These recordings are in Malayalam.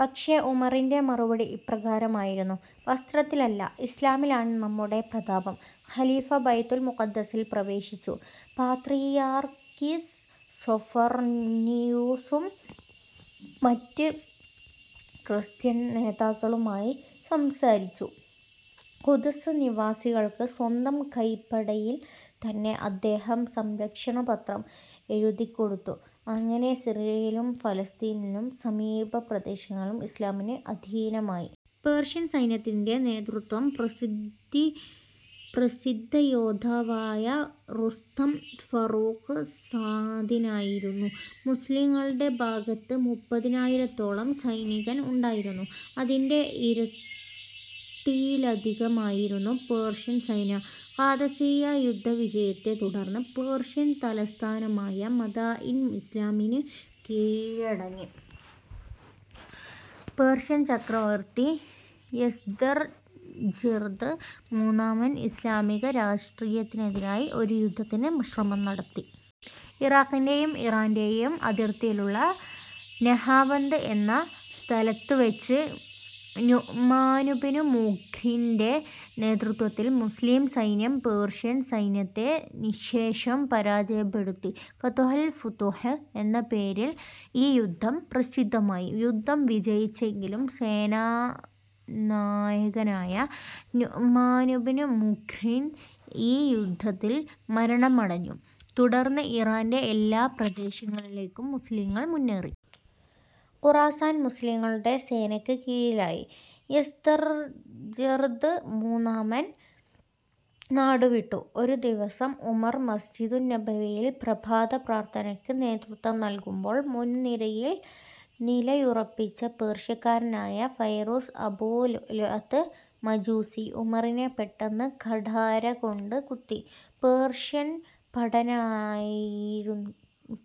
പക്ഷേ, ഉമറിന്റെ മറുപടി ഇപ്രകാരമായിരുന്നു: 'വസ്ത്രത്തിലല്ല, ഇസ്ലാമിലാണ് നമ്മുടെ പ്രതാപം. ' ഖലീഫ ബൈതുൽമഖ്ദിസിൽ പ്രവേശിച്ചു. പാത്രിയാർക്കീസ് സ്വഫർനിയൂസും മറ്റ് ക്രിസ്ത്യൻ നേതാക്കളുമായി സംസാരിച്ചു. ഖുദ്സ് നിവാസികൾക്ക് സ്വന്തം കൈപ്പടയിൽ തന്നെ അദ്ദേഹം സംരക്ഷണപത്രം എഴുതിക്കൊടുത്തു. അങ്ങനെ സിറിയയും ഫലസ്തീനും സമീപ പ്രദേശങ്ങളും ഇസ്ലാമിന് അധീനമായി. പേർഷ്യൻ സൈന്യത്തിന്റെ നേതൃത്വം പ്രസിദ്ധയോദ്ധാവായ റുസ്തം ഫറൂഖ്സാദിനായിരുന്നു. മുസ്ലിംകളുടെ ഭാഗത്ത് മുപ്പതിനായിരത്തോളം സൈനികർ ഉണ്ടായിരുന്നു. അതിന്റെ ഇരട്ടിയിലധികമായിരുന്നു പേർഷ്യൻ സൈന്യം. ഖാദിസിയ്യാ യുദ്ധവിജയത്തെ തുടർന്ന് പേർഷ്യൻ തലസ്ഥാനമായ മദാഇൻ ഇസ്ലാമിന് കീഴടങ്ങി.. പേർഷ്യൻ ചക്രവർത്തി യസ്ദർജിർദ് മൂന്നാമൻ ഇസ്ലാമിക രാഷ്ട്രത്തിനെതിരായി ഒരു യുദ്ധത്തിന് ശ്രമം നടത്തി. ഇറാഖിന്റെയും ഇറാന്റെയും അതിർത്തിയിലുള്ള നഹാവന്ത് എന്ന സ്ഥലത്തുവെച്ച് നുഅ്മാനുബ്നു മുഖ്രിൻറെ നേതൃത്വത്തിൽ മുസ്ലിം സൈന്യം പേർഷ്യൻ സൈന്യത്തെ നിശ്ശേഷം പരാജയപ്പെടുത്തി. ഫത്ഹുൽ ഫുതൂഹ് എന്ന പേരിൽ ഈ യുദ്ധം പ്രസിദ്ധമായി. യുദ്ധം വിജയിച്ചെങ്കിലും സേനാ നായകനായ നുഅ്മാനുബ്നു മുഖ്രിൻ ഈ യുദ്ധത്തിൽ മരണമടഞ്ഞു. തുടർന്ന് ഇറാന്റെ എല്ലാ പ്രദേശങ്ങളിലേക്കും മുസ്ലിംകൾ മുന്നേറി. ഖുറാസാൻ മുസ്ലീങ്ങളുടെ സേനക്ക് കീഴിലായി. യസ്ദർജിർദ് മൂന്നാമൻ നാടുവിട്ടു. ഒരു ദിവസം ഉമർ മസ്ജിദുന്നബവിയിൽ പ്രഭാത പ്രാർത്ഥനക്ക് നേതൃത്വം നൽകുമ്പോൾ, മുൻനിരയിൽ നിലയുറപ്പിച്ച പേർഷ്യക്കാരനായ ഫൈറൂസ് അബൂ ലുഅ് ലുഅത്ത് മജൂസി, ഉമറിനെ പെട്ടെന്ന് കഠാരകൊണ്ട് കുത്തി. പേർഷ്യൻ പടനായകനായിരുന്ന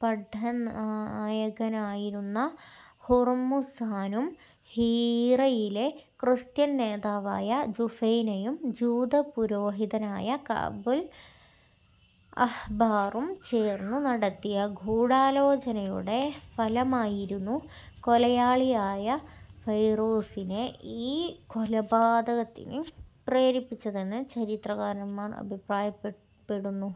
ഹുർമുസാനും ഹീറയിലെ ക്രിസ്ത്യൻ നേതാവായ ജുഫൈനയും ജൂതപുരോഹിതനായ കഅ്ബുൽ അഹ്ബാറും ചേർന്നു നടത്തിയ ഗൂഢാലോചനയുടെ ഫലമായിരുന്നു കൊലയാളിയായ ഫൈറൂസിനെ ഈ കൊലപാതകത്തിന് പ്രേരിപ്പിച്ചതെന്ന് ചരിത്രകാരന്മാർ അഭിപ്രായപ്പെടുന്നു.